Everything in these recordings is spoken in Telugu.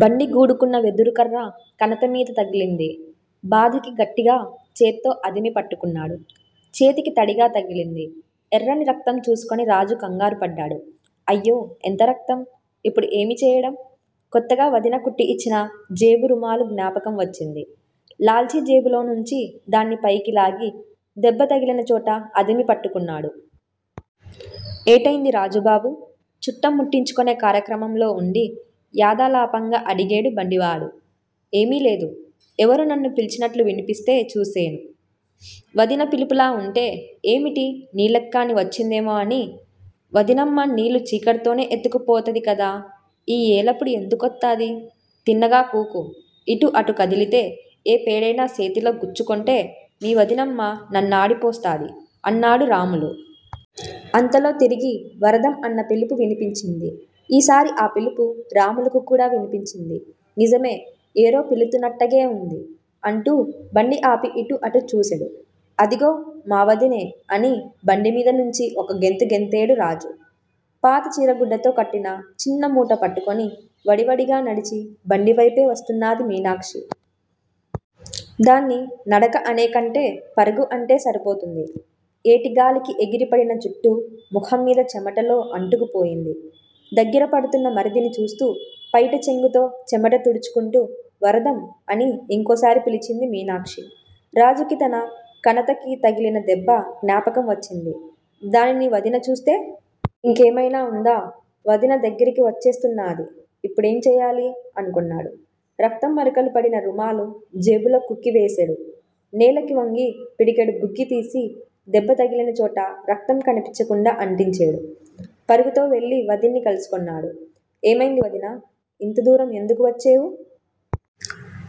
బండిగూడుకున్న వెదురుకర్ర కణతమీద తగిలింది. బాధకి గట్టిగా చేత్తో అదిమి పట్టుకున్నాడు. చేతికి తడిగా తగిలింది. ఎర్రని రక్తం చూసుకొని రాజు కంగారుపడ్డాడు. 'అయ్యో, ఎంత రక్తం! ఇప్పుడు ఏమి చెయ్యడం? ' కొత్తగా వదిన కుట్టి ఇచ్చిన జేబురుమాలు జ్ఞాపకం వచ్చింది. లాల్చీ జేబులోనుంచి దాన్ని పైకి లాగి దెబ్బ తగిలినచోట అదిమి పట్టుకొన్నాడు. ఏటయింది, రాజుబాబూ? చుట్ట ముట్టించుకొనే కార్యక్రమంలో ఉండి యాదాలాపంగా అడిగేడు బండివాడు. ఏమీలేదు. ఎవరో నన్ను పిలిచినట్లు వినిపిస్తే చూసేను. వదిన పిలుపులా ఉంటే ఏమిటి నీళ్ళకికాని వచ్చిందేమో అని వదినమ్మ నీళ్ళు చీకటితోనే ఎత్తుకుపోతది కదా! ఈ ఏలప్పుడు ఎందుకొత్తాది? తిన్నగా కూకో. ఇటు అటు కదిలితే ఏ పేడయినా సేతిలో గుచ్చుకొంటే మీ వదినమ్మ నన్నాడిపోస్తాది అన్నాడు రాములు. అంతలో తిరిగి 'వరదం' అన్న పిలుపు వినిపించింది. ఈసారి ఆ పిలుపు రాములుకి కూడా వినిపించింది. నిజమే, ఏరో పిలుత్తున్నట్టగే ఉంది అంటూ బండి ఆపి ఇటు అటు చూసేడు. అదిగో, మా వదినే! అని బండిమీదనించి ఒక్కగెంతు గెంతేడు రాజు. పాత చీరగుడ్డతో కట్టిన చిన్న మూట పట్టుకొని వడివడిగా నడిచి బండివైపే వస్తున్నాది మీనాక్షి. దాన్ని నడక అనేకంటే పరుగు అంటే సరిపోతుంది. ఏటిగాలికి ఎగిరిపడిన జుట్టు ముఖంమీద చెమటలో అంటుకు పోయింది. దగ్గిరపడుతున్న మరిదిని చూస్తూ పైటచెంగుతో చెమట తుడుచుకుంటూ వరదం! అని ఇంకోసారి పిలిచింది మీనాక్షి. రాజుకి తన కణతకి తగిలిన దెబ్బ జ్ఞాపకం వచ్చింది. 'దానిని వదిన చూస్తే? ఇంకేమైనా ఉందా? వదిన దగ్గిరికి వచ్చేస్తున్నాది. ఇప్పుడేం చెయ్యాలి? ' అనుకొన్నాడు. రక్తం మరకలు పడిన రుమాలు జేబులో కుక్కి వేసేడు. నేలకి వంగి పిడికెడు బుగ్గితీసి దెబ్బతగిలినచోట రక్తం కనిపించకుండా అంటించేడు. పరుగుతో వెళ్ళి వదిన్ని కలుసుకొన్నాడు. ఏమయింది, వదినా! ఇంతదూరం ఎందుకు వచ్చేవు?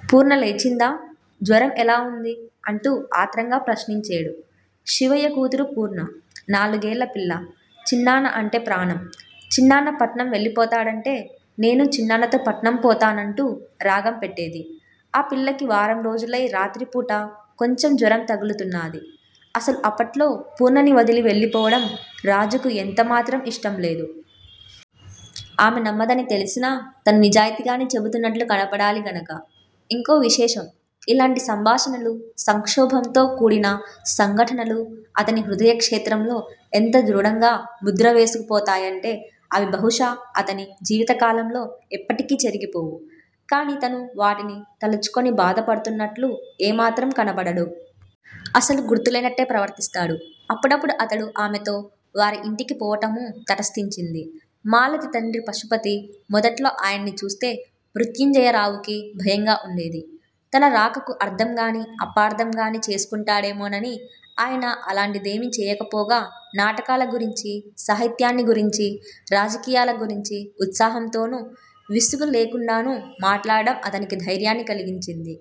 పూర్ణలేచిందా? జ్వరం ఎలా ఉంది? అంటూ ఆత్రంగా ప్రశ్నించేడు. శివయ్య కూతురు పూర్ణ. నాలుగేళ్ళ పిల్ల. చిన్నాన్న అంటే ప్రాణం. చిన్నాన్న పట్నం వెళ్ళిపోతాడంటే 'నేనూ చిన్నాన్నతో పట్నం పోతా'నంటూ రాగం పెట్టేది. ఆ పిల్లకి వారంరోజులై రాత్రిపూట కొంచెం జ్వరం తగులుతున్నాది. అసలు అప్పట్లో పూర్ణని వదిలి వెళ్ళిపోవడం రాజుకి యెంతమాత్రం ఇష్టంలేదు. ఆమె నమ్మదని తెలిసినా, తను నిజాయితీగానే చెబుతున్నట్లు కనబడాలి గనక. ఇంకో విశేషం. ఇలాంటి సంభాషణలు, సంక్షోభంతో కూడిన సంఘటనలూ అతని హృదయక్షేత్రంలో ఎంత దృఢంగా ముద్రవేసుకుపోతాయంటే, అవి బహుశా అతని జీవితకాలంలో ఎప్పటికీ చెరిగిపోవు. కాని తను వాటిని తలచుకుని బాధపడుతున్నట్లు ఏమాత్రం కనబడడు. అసలు గుర్తులేనట్లే ప్రవర్తిస్తాడు. అప్పుడప్పుడు అతడు ఆమెతో వారియింటికి పోవటమూ తటస్థించింది. మాలతి తండ్రి పశుపతి, మొదట్లో ఆయన్ని చూస్తే మృత్యుంజయరావుకి భయంగా వుండేది. తన రాకకు అర్ధంగానీ, అపార్థంగానీ చేసుకుంటాడేమోనని. ఆయన అలాంటిదేమీ చేయకపోగా నాటకాలగురించీ, సాహిత్యాన్ని గురించీ, రాజకీయాలగురించీ ఉత్సాహంతోనూ, విసుగులేకుండానూ మాట్లాడటం అతనికి ధైర్యాన్ని కలిగించింది.